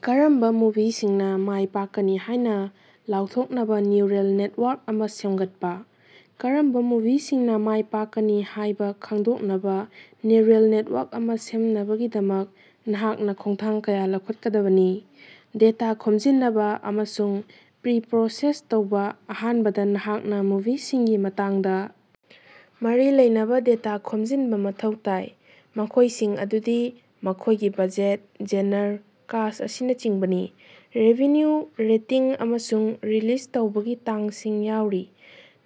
ꯀꯔꯝꯕ ꯃꯨꯚꯤꯁꯤꯡꯅ ꯃꯥꯏ ꯄꯥꯛꯀꯅꯤ ꯍꯥꯏꯅ ꯂꯥꯎꯊꯣꯛꯅꯕ ꯅ꯭ꯌꯨꯔꯜ ꯅꯦꯠꯋꯥꯔꯛ ꯑꯃ ꯁꯦꯝꯒꯠꯄ꯫ ꯀꯔꯝꯕ ꯃꯨꯚꯤꯁꯤꯡꯅ ꯃꯥꯏ ꯄꯥꯛꯀꯅꯤ ꯍꯥꯏꯕ ꯈꯪꯗꯣꯛꯅꯕ ꯅ꯭ꯌꯨꯔꯜ ꯅꯦꯠꯋꯥꯔꯛ ꯑꯃ ꯁꯦꯝꯅꯕꯒꯤꯗꯃꯛ, ꯅꯍꯥꯛꯅ ꯈꯣꯡꯊꯥꯡ ꯀꯌꯥ ꯂꯧꯈꯠꯀꯗꯕꯅꯤ: ꯗꯦꯇꯥ ꯈꯣꯝꯖꯤꯅꯕ ꯑꯃꯁꯨꯡ ꯄ꯭ꯔꯤꯄ꯭ꯔꯣꯁꯦꯁ ꯇꯧꯕ: ꯑꯍꯥꯟꯕꯗ ꯅꯍꯥꯛꯅ ꯃꯨꯚꯤꯁꯤꯡꯒꯤ ꯃꯇꯥꯡꯗ ꯃꯔꯤ ꯂꯩꯅꯕ ꯗꯦꯇꯥ ꯈꯣꯝꯖꯤꯟꯕ ꯃꯊꯧ ꯇꯥꯏ, ꯃꯈꯣꯏꯁꯤꯡ ꯑꯗꯨꯗꯤ ꯃꯈꯣꯏꯒꯤ ꯕꯖꯦꯠ, ꯖꯦꯅꯔ, ꯀꯥꯁ꯭ꯠ ꯑꯁꯤꯅꯆꯤꯡꯕꯅꯤ꯫, ꯔꯤꯚꯤꯌꯨ, ꯔꯦꯇꯤꯡ, ꯑꯃꯁꯨꯡ ꯔꯤꯂꯤꯖ ꯇꯧꯕꯒꯤ ꯇꯥꯡꯁꯤꯡ ꯌꯥꯎꯔꯤ꯫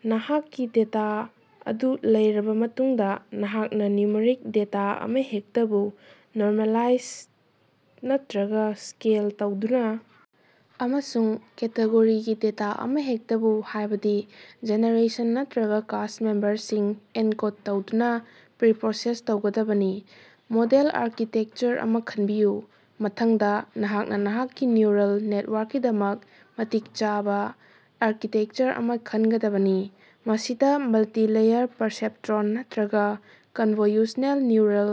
ꯅꯍꯥꯛꯀꯤ ꯗꯦꯇꯥ ꯑꯗꯨ ꯂꯩꯔꯕ ꯃꯇꯨꯡꯗ, ꯅꯍꯥꯛꯅ ꯅ꯭ꯌꯨꯃꯔꯤꯛ ꯗꯦꯇ ꯑꯃꯍꯦꯛꯇꯕꯨ ꯅꯣꯔꯃꯦꯂꯥꯏꯖ ꯅꯠꯇ‌꯭ꯔꯒ ꯁ꯭ꯀꯦꯜ ꯇꯧꯗꯨꯅ ꯑꯃꯁꯨꯡ ꯀꯦꯇꯦꯒꯣꯔꯤꯒꯤ ꯗꯦꯇꯥ ꯑꯃꯍꯦꯛꯇꯕꯨ, ꯍꯥꯏꯕꯗꯤ ꯖꯦꯅꯔꯦꯁꯟ ꯅꯠꯇ꯭ꯔꯒ ꯀꯥꯁ꯭ꯠ ꯃꯦꯝꯕꯔꯁꯤꯡ, ꯑꯦꯟꯀꯣꯗ ꯇꯧꯗꯨꯅ ꯄ꯭ꯔꯤꯄ꯭ꯔꯣꯁꯦꯁ ꯇꯧꯒꯗꯕꯅꯤ꯫ ꯃꯣꯗꯦꯜ ꯑꯥꯔꯀꯤꯇꯦꯛꯆꯔ ꯑꯃ ꯈꯟꯕꯤꯌꯨ: ꯃꯊꯪꯗ, ꯅꯍꯥꯛꯅ ꯅꯍꯥꯛꯀꯤ ꯅ꯭ꯌꯨꯔꯜ ꯅꯦꯠꯋꯥꯔꯛꯀꯤꯗꯃꯛ ꯃꯇꯤꯛ ꯆꯥꯕ ꯑꯥꯔꯀꯤꯇꯦꯛꯆꯔ ꯑꯃ ꯈꯟꯒꯗꯕꯅꯤ꯫ ꯃꯁꯤꯗ ꯃꯜꯇꯤ-ꯂꯦꯌꯔ ꯄꯔꯁꯦꯞꯇ꯭ꯔꯣꯟ ꯅꯠꯇ꯭ꯔꯒ ꯀꯟꯚꯣꯜꯌꯨꯁꯅꯦꯜ ꯅ꯭ꯌꯨꯔꯜ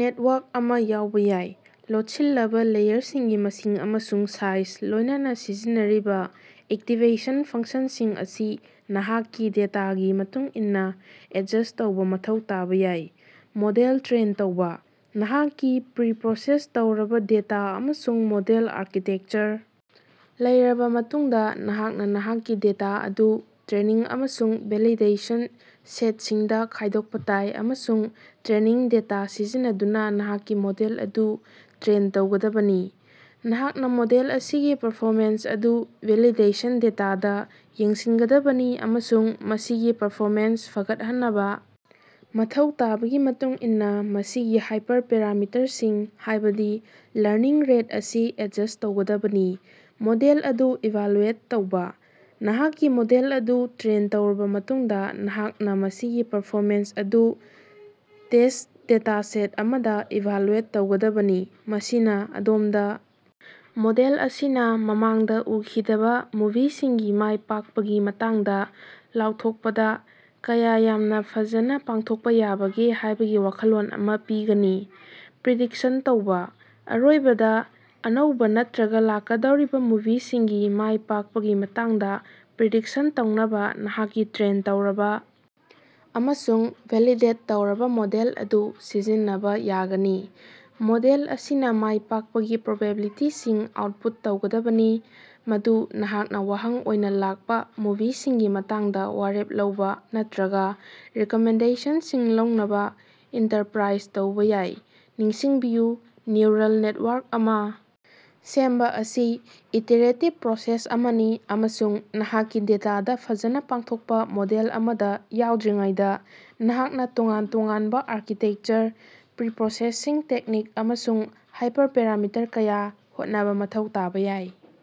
ꯅꯦꯠꯋꯥꯔꯛ ꯑꯃ ꯌꯥꯎꯕ ꯌꯥꯏ꯫ ꯂꯣꯠꯁꯤꯜꯂꯕꯥ ꯂꯦꯌꯔꯁꯤꯡꯒꯤ ꯃꯁꯤꯡ ꯑꯃꯁꯨꯡ ꯁꯥꯏꯖ, ꯂꯣꯏꯅꯅ ꯁꯤꯖꯤꯟꯅꯔꯤꯕ ꯑꯦꯛꯇꯤꯚꯦꯁꯟ ꯐꯪꯁꯟꯁꯤꯡ ꯑꯁꯤ ꯅꯍꯥꯛꯀꯤ ꯗꯦꯇꯥꯒꯤ ꯃꯇꯨꯡ ꯏꯟꯅ ꯑꯦꯗꯖꯁ꯭ꯠ ꯇꯧꯕ ꯃꯊꯧ ꯇꯥꯕ ꯌꯥꯏ꯫ ꯃꯣꯗꯦꯜ ꯇ꯭ꯔꯦꯟ ꯇꯧꯕ: ꯅꯍꯥꯛꯀꯤ ꯄ꯭ꯔꯤꯞꯔꯣꯁꯦꯁ ꯇꯧꯔꯕꯥ ꯗꯦꯇꯥ ꯑꯃꯁꯨꯡ ꯃꯣꯗꯦꯜ ꯑꯥꯔꯀꯤꯇꯦꯛꯆꯔ ꯂꯩꯔꯕ ꯃꯇꯨꯡꯗ, ꯅꯍꯥꯛꯅ ꯅꯍꯥꯛꯀꯤ ꯗꯦꯇ ꯑꯗꯨ ꯇ꯭ꯔꯦꯅꯤꯡ ꯑꯃꯁꯨꯡ ꯚꯦꯂꯤꯗꯦꯁꯟ ꯁꯦꯠꯁꯤꯡꯗ ꯈꯥꯏꯗꯣꯛꯄ ꯇꯥꯏ ꯑꯃꯁꯨꯡ ꯇ꯭ꯔꯦꯅꯤꯡ ꯗꯦꯇ ꯁꯤꯖꯤꯟꯅꯗꯨꯅ ꯅꯍꯥꯛꯀꯤ ꯃꯣꯗꯦꯜ ꯑꯗꯨ ꯇ꯭ꯔꯦꯟ ꯇꯧꯒꯗꯕꯅꯤ꯫ ꯅꯍꯥꯛꯅ ꯃꯣꯗꯦꯜ ꯑꯁꯤꯒꯤ ꯄꯔꯐꯣꯃꯦꯟꯁ ꯑꯗꯨ ꯚꯦꯂꯤꯗꯦꯁꯟ ꯗꯦꯇꯥꯗ ꯌꯦꯡꯁꯤꯟꯒꯗꯕꯅꯤ ꯑꯃꯁꯨꯡ ꯃꯁꯤꯒꯤ ꯄꯔꯐꯣꯃꯦꯟꯁ ꯐꯒꯠꯍꯟꯅꯕ ꯃꯊꯧ ꯇꯥꯕꯒꯤ ꯃꯇꯨꯡ ꯏꯟꯅ ꯃꯁꯤꯒꯤ ꯍꯥꯏꯄꯔꯄꯦꯔꯥꯃꯤꯇꯔꯁꯤꯡ, ꯍꯥꯏꯕꯗꯤ ꯂꯔꯅꯤꯡ ꯔꯦꯠ ꯑꯁꯤ ꯑꯦꯗꯖꯁ꯭ꯠ ꯇꯧꯒꯗꯕꯅꯤ꯫ ꯃꯣꯗꯦꯜ ꯑꯗꯨ ꯏꯚꯥꯂ꯭ꯌꯨꯑꯦꯠ ꯇꯧꯕ: ꯅꯍꯥꯛꯀꯤ ꯃꯣꯗꯦꯜ ꯑꯗꯨ ꯇ꯭ꯔꯦꯟ ꯇꯧꯔꯕꯥ ꯃꯇꯨꯡꯗꯥ, ꯅꯍꯥꯛꯅꯥ ꯃꯁꯤꯒꯤ ꯄꯔꯐꯣꯃꯦꯟꯁ ꯑꯗꯨ ꯇꯦꯁ꯭ꯠ ꯗꯦꯇꯥꯁꯦꯠ ꯑꯃꯗ ꯏꯚꯥꯂ꯭ꯌꯨꯑꯦꯠ ꯇꯧꯒꯗꯕꯅꯤ꯫ ꯃꯁꯤꯅ ꯑꯗꯣꯝꯗ ꯃꯣꯗꯦꯜ ꯑꯁꯤꯅ ꯃꯃꯥꯡꯗ ꯎꯈꯤꯗꯕ ꯃꯨꯚꯤꯁꯤꯡꯒꯤ ꯃꯥꯏ ꯄꯥꯛꯄꯒꯤ ꯃꯇꯥꯡꯗ ꯂꯥꯎꯊꯣꯛꯄꯗ ꯀꯌꯥ ꯌꯥꯝꯅ ꯐꯖꯅ ꯄꯥꯡꯊꯣꯛꯄ ꯌꯥꯕꯒꯦ ꯍꯥꯏꯕꯒꯤ ꯋꯥꯈꯜꯂꯣꯟ ꯑꯃ ꯄꯤꯒꯅꯤ꯫ ꯄ꯭ꯔꯤꯗꯤꯛꯁꯟ ꯇꯧꯕ: ꯑꯔꯣꯏꯕꯗ, ꯑꯅꯧꯕ ꯅꯠꯇ꯭ꯔꯒ ꯂꯥꯛꯀꯗꯧꯔꯤꯕ ꯃꯨꯚꯤꯁꯤꯡꯒꯤ ꯃꯥꯏ ꯄꯥꯛꯄꯒꯤ ꯃꯇꯥꯡꯗ ꯄ꯭ꯔꯤꯗꯤꯛꯁꯟ ꯇꯧꯅꯕ ꯅꯍꯥꯛꯀꯤ ꯇ꯭ꯔꯦꯟ ꯇꯧꯔꯕ ꯑꯃꯁꯨꯡ ꯚꯦꯂꯤꯗꯦꯠ ꯇꯧꯔꯕ ꯃꯣꯗꯦꯜ ꯑꯗꯨ ꯁꯤꯖꯤꯟꯅꯕ ꯌꯥꯒꯅꯤ꯫ ꯃꯣꯗꯦꯜ ꯑꯁꯤꯅ ꯃꯥꯏ ꯄꯥꯛꯄꯒꯤ ꯄ꯭ꯔꯣꯕꯦꯕꯤꯂꯤꯇꯤꯁꯤꯡ ꯑꯥꯎꯠꯄꯨꯠ ꯇꯧꯒꯗꯕꯅꯤ, ꯃꯗꯨ ꯅꯍꯥꯛꯅ ꯋꯥꯍꯪ ꯑꯣꯏꯅ ꯂꯥꯛꯄ ꯃꯨꯚꯤꯁꯤꯡꯒꯤ ꯃꯇꯥꯡꯗ ꯋꯥꯔꯦꯞ ꯂꯧꯕ ꯅꯠꯇ꯭ꯔꯒ ꯔꯤꯀꯃꯦꯟꯗꯦꯁꯟꯁꯤꯡ ꯂꯧꯅꯕ ꯏꯟꯇꯔꯄ꯭ꯔꯥꯏꯖ ꯇꯧꯕ ꯌꯥꯏ꯫ ꯅꯤꯡꯁꯤꯡꯕꯤꯌꯨ, ꯅ꯭ꯌꯨꯔꯜ ꯅꯦꯠꯋꯥꯔꯛ ꯑꯃ ꯁꯦꯝꯕ ꯑꯁꯤ ꯏꯇꯤꯔꯦꯇꯤꯕ ꯄ꯭ꯔꯣꯁꯦꯁ ꯑꯃꯅꯤ, ꯑꯃꯁꯨꯡ ꯅꯍꯥꯛꯀꯤ ꯗꯦꯇꯥꯗꯥ ꯐꯖꯅ ꯄꯥꯡꯊꯣꯛꯄ ꯃꯣꯗꯦꯜ ꯑꯃꯗꯥ ꯌꯧꯗ꯭ꯔꯤꯉꯩꯗ ꯅꯍꯥꯛꯅ ꯇꯣꯉꯥꯟ ꯇꯣꯉꯥꯟꯕ ꯑꯥꯔꯀꯤꯇꯦꯛꯆꯔ, ꯄ꯭ꯔꯤꯞꯔꯣꯁꯦꯁꯤꯡ ꯇꯦꯛꯅꯤꯛ, ꯑꯃꯁꯨꯡ ꯍꯥꯏꯄꯔꯄꯦꯔꯥꯃꯤꯇꯔ ꯀꯌꯥ ꯍꯣꯠꯅꯕ ꯃꯊꯧ ꯇꯥꯕ ꯌꯥꯏ꯫